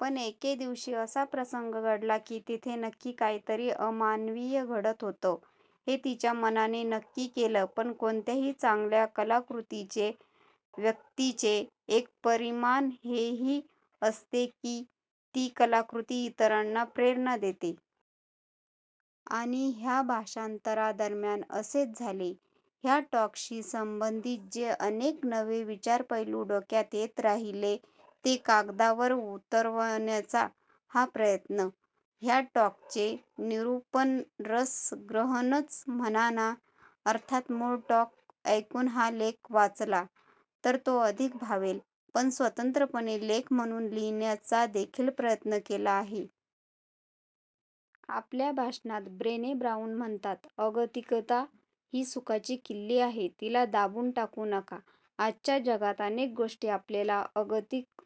पण एके दिवशी असा प्रसंग घडला कि तिथे नक्की काहीतरी अमानवीय घडत होतं हे तिच्या मनाने नक्की केलं. पण कोणत्याही चांगल्या कलाकृतीचे िव्यक्तीचे एक परिमाण हेही असते की ती कलाकृती इतरांना प्रेरणा देते. आणि ह्या भाषांतरादरम्यान असेच झाले. ह्या टॉकशी संबंधित जे अनेक नवे विचारपैलू डोक्यात येत राहिले ते कागदावर उतरवण्याचा हा प्रयत्न. ह्या टॉकचे निरुपणरसग्रहणच म्हणा ना. अर्थात मूळ टॉक ऐकून हा लेख वाचला तर तो अधिक भावेल पण स्वतंत्रपणे लेख म्हणून लिहिण्याचादेखील प्रयत्न केला आहे. आपल्या भाषणात ब्रेने ब्राऊन म्हणतात, अगतिकता ही सुखाची किल्ली आहे. तिला दाबून टाकू नका. आजच्या जगात अनेक गोष्टी आपल्याला अगतिक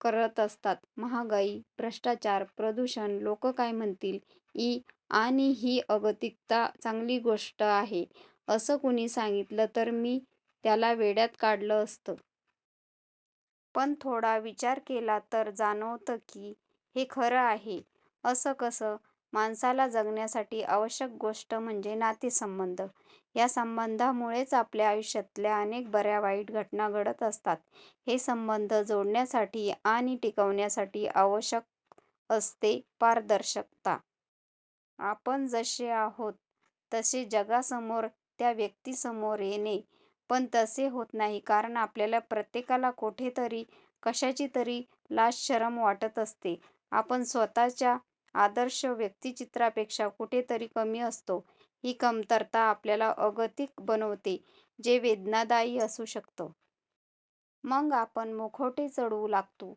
करत असतात. महागाई, भ्रष्टाचार, प्रदूषण, लोकं काय म्हणतील? ई. आणि ही अगतिकता चांगली गोष्ट आहे असं कुणी सांगितलं तर मी त्याला वेड्यात काढलं असतं. पण थोडा विचार केला तर जाणवतं की हे खरं आहे. असं कसं? माणसाला जगण्यासाठी आवश्यक गोष्ट म्हणजे नातेसंबंध. ह्या संबंधांमुळेच आपल्या आयुष्यातल्या अनेक बऱ्यावाईट घटना घडत असतात. हे संबंध जोडण्यासाठी आणि टिकवण्यासाठी आवश्यक असते पारदर्शकता. आपण जसे आहोत तसे जगासमोर त्या व्यक्तीसमोर येणे. पण तसे होत नाही. कारण आपल्याला प्रत्येकाला कुठेतरी, कशाचीतरी लाजशरम वाटत असते. आपण स्वतःच्या आदर्श व्यक्तिचित्रापेक्षा कुठेतरी कमी असतो. ही कमतरता आपल्याला अगतिक बनवते. जे वेदनादायी असू शकतं. मग आपण मुखवटे चढवू लागतो.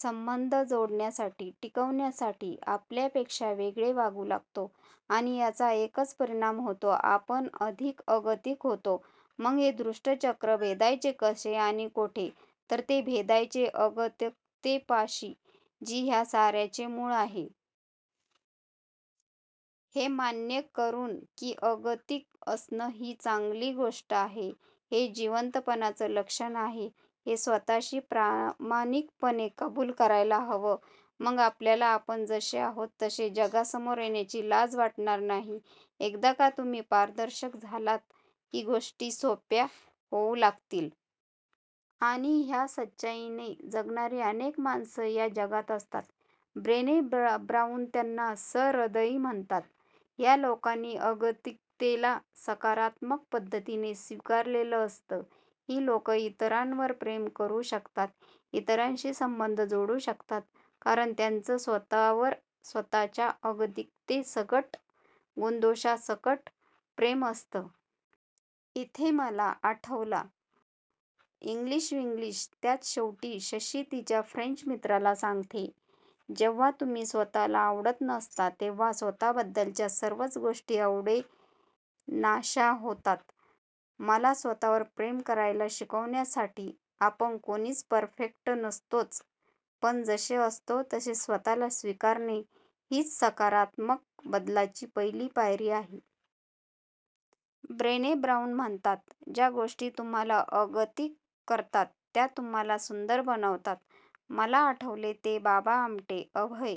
संबंध जोडण्यासाठी िकवण्यासाठी आपल्यापेक्षा वेगळे वागू लागतो. आणि याचा एकच परिणाम होतो आपण अधिक अगतिक होतो! मग हे दुष्टचक्र भेदायचे कसे? आणि कुठे? तर ते भेदायचे अगतिकतेपाशी. जी ह्या साऱ्याचे मूळ आहे. हे मान्य करून की अगतिक असणं ही एक चांगली गोष्ट आहे. हे जिवंतपणाचं लक्षण आहे. हे स्वतःशी प्रामाणिकपणे कबुल करायला हवं. मग आपल्याला आपण जसे आहोत तसे जगासमोर येण्याची लाज वाटणार नाही! एकदा का तुम्ही पारदर्शक झालात की गोष्टी सोप्या होऊ लागतील! आणि ह्या सच्चाईने जगणारी अनेक माणसं या जगात असतात. ब्रेने ब्राऊन त्यांना सहृदयी म्हणतात. ह्या लोकांनी अगतिकतेला सकारात्मक पद्धतीने स्वीकारलेलं असतं. ही लोकं इतरांवर प्रेम करू शकतात, इतरांशी संबंध जोडू शकतात कारण त्यांचं स्वतःवर स्वतःच्या अगतिकतेसकट, गुणदोषांसकट प्रेम असतं. इथे मला आठवला इंग्लिशविन्ग्लीश! त्यात शेवटी शशी तिच्या फ्रेंच मित्राला सांगते, जेव्हा तुम्ही तुम्हाला स्वतःला आवडत नसता तेव्हा स्वतःबद्दलच्या सर्वच गोष्टी आवडेनाश्या होतात., मला स्वतःवर प्रेम करायला शिकवण्यासाठी,! आपण कोणीच परफेक्ट नसतोच पण जसे असतो तसे स्वतःला स्वीकारणे हीच सकारात्मक बदलाची पहिली पायरी आहे. ब्रेने ब्राऊन म्हणतात, ज्या गोष्टी तुम्हाला अगतिक करतात त्या तुम्हाला सुंदर बनवतात. मला आठवले ते बाबा आमटे, अभय